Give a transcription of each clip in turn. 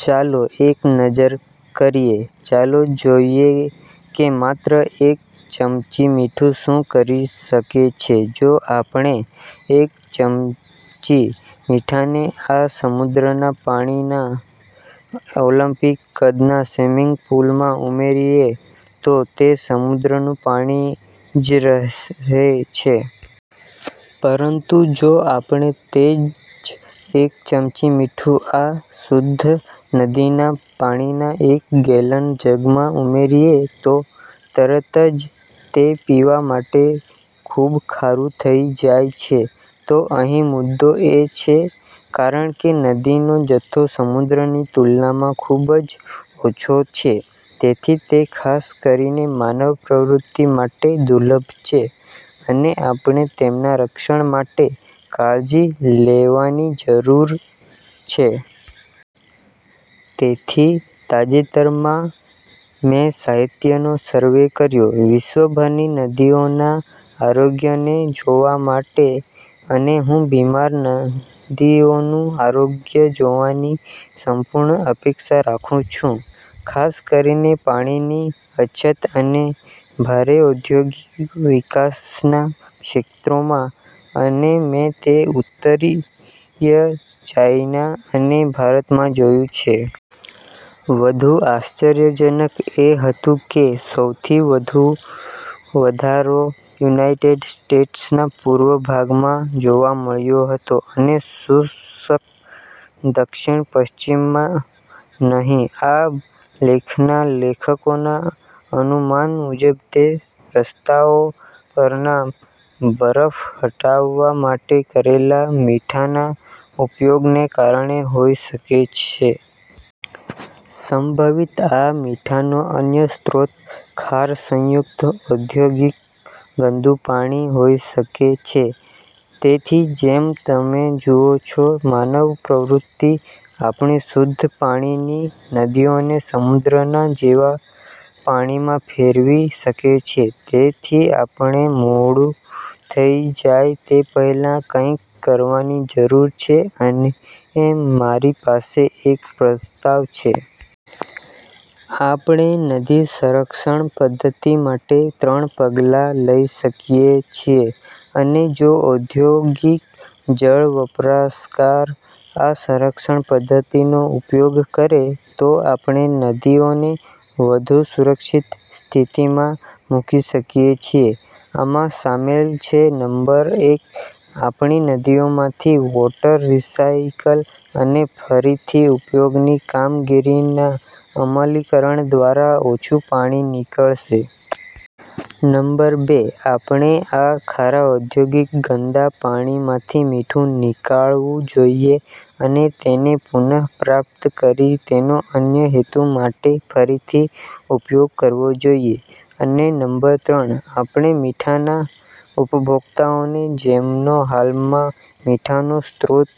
ચાલો એક નજર કરીએ. ચાલો જોઈએ કે માત્ર એક ચમચી મીઠું શું કરી શકે છે. જો આપણે એક ચમચી મીઠાને આ સમુદ્રના પાણીના ઓલિમ્પિક કદના સ્વિમિંગ પૂલમાં ઉમેરીએ, તો તે સમુદ્રનું પાણી જ રહે છે. પરંતુ જો આપણે તે જ એક ચમચી મીઠું, આ શુદ્ધ નદીના પાણીના એક ગેલન જગમાં ઉમેરીએ, તો તરત જ તે પીવા માટે ખૂબ ખારું થઈ જાય છે. તો અહીં મુદ્દો એ છે, કારણ કે નદીઓનો જથ્થો સમુદ્રની તુલનામાં ખૂબ જ ઓછો છે, તેથી તે ખાસ કરીને માનવ પ્રવૃત્તિ માટે દુર્લભ છે, અને આપણે તેમના રક્ષણ માટે કાળજી લેવાની જરૂર છે. તેથી તાજેતરમાં, મેં સાહિત્યનો સર્વે કર્યો, વિશ્વભરની નદીઓના આરોગ્યને જોવા માટે અને હું બીમાર નદીઓનું આરોગ્ય જોવાની સંપૂર્ણ અપેક્ષા રાખું છું, ખાસ કરીને, પાણીની અછત અને ભારે ઔદ્યોગિક વિકાસના ક્ષેત્રોમાં. અને મેં તે ઉત્તરીય ચાઈના અને ભારતમાં જોયું. વધુ આશ્ચર્યજનક એ હતું કે સૌથી વધુ વધારો યુનાઇટેડ સ્ટેટ્સના પૂર્વ ભાગમાં જોવા મળ્યો હતો અને શુષ્ક દક્ષિણ પશ્ચિમમાં નહીં. આ લેખના લેખકોના અનુમાન મુજબ તે રસ્તાઓ પરનાં બરફ હટાવવા માટે કરેલા મીઠાના ઉપયોગને કારણે હોઈ શકે છે. સંભવિત, આ મીઠાનો અન્ય સ્ત્રોત, ખારશયુક્ત ઔદ્યોગિક ગંદુ પાણી હોઈ શકે છે. તેથી જેમ તમે જુઓ છો, માનવ પ્રવૃત્તિ આપણી શુદ્ધ પાણીની નદીઓને સમુદ્રના જેવા પાણીમાં ફેરવી શકે છે. તેથી આપણે મોડું થઈ જાય તે પહેલા કંઈક કરવાની જરૂર છે અને મારી પાસે એક પ્રસ્તાવ છે. આપણે નદી સંરક્ષણ પદ્ધતિ માટે ત્રણ પગલાં લઈ શકીએ છીએ, અને જો ઓદ્યોગિક જળ વપરાશકાર આ સંરક્ષણ પદ્ધતિનો ઉપયોગ કરે, તો આપણે નદીઓને વધુ સુરક્ષિત સ્થિતિમાં મૂકી શકીએ છીએ. આમાં શામેલ છે, નંબર એક આપણી નદીઓમાંથી, વોટર રિસાઇકલ અને ફરીથી ઉપયોગની કામગીરીના અમલીકરણ દ્વારા ઓછું પાણી નીકળશે. નંબર બે આપણે આ ખારા ઓદ્યોગિક ગંદા પાણીમાંથી મીઠું નીકાળવું જોઈએ અને તેને પુન: ર્પ્રાપ્ત કરી તેનો અન્ય હેતુ માટે ફરીથી ઉપયોગ કરવો જોઈએ. અને નંબર ત્રણ આપણે મીઠાના ઉપભોક્તાઓને, જેમનો હાલમાં મીઠાનો સ્ત્રોત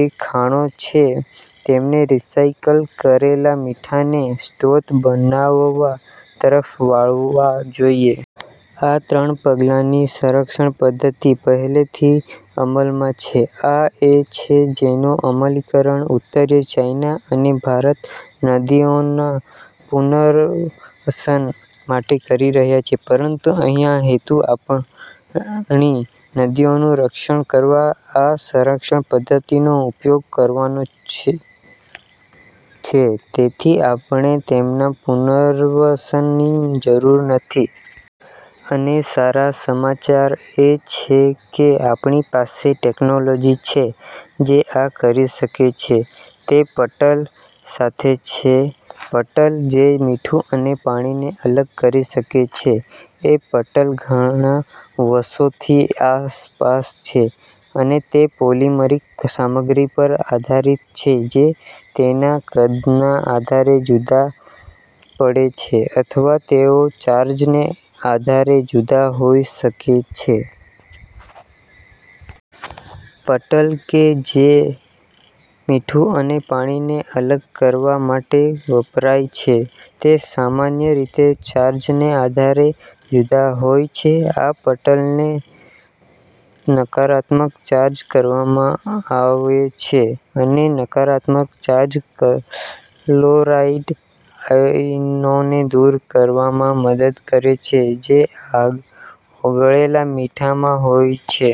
એ ખાણો છે, તેમને રિસાઈકલ કરેલા મીઠાને સ્ત્રોત બનાવવા તરફ વાળવા જોઈએ. આ ત્રણ પગલાંની સંરક્ષણ પદ્ધતિ પહેલેથી અમલમાં છે. આ એ છે જેનો અમલીકરણ, ઉત્તરીય ચાઇના અને ભારત નદીઓના પુનર્વસન માટે કરી રહ્યા છે. પરંતુ અહીંયા હેતુ, આપણી નદીઓનું રક્ષણ કરવા આ સંરક્ષણ પદ્ધતિનો ઉપયોગ કરવાનો છે, તેથી આપણે તેમના પુનર્વસનની જરૂર નથી. અને સારા સમાચાર એ છે કે, આપણી પાસે ટેક્નોલોજી છે જે આ કરી શકે છે. તે પટલ સાથે છે. પટલ જે મીઠું અને પાણીને અલગ કરી શકે છે. એ પટલ ઘણા વષોથી આસપાસ છે, અને તે પોલિમરીક સામગ્રી પર આધારિત છે, જે તેના કદના આધારે જુદા પડે છે, અથવા તેઓ ચાર્જને આધારે જુદા હોઈ શકે છે. પટલ કે જે મીઠું અને પાણીને અલગ કરવા માટે વપરાય છે, તે સામાન્ય રીતે ચાર્જને આધારે જુદા હોય છે. આ પટલને નકારાત્મક ચાર્જ કરવામાં આવે છે અને નકારાત્મક ચાર્જ કલોરાઇડ આયનોને દૂર કરવામાં મદદ કરે છે, જે ઓગળેલા મીઠામાં હોય છે.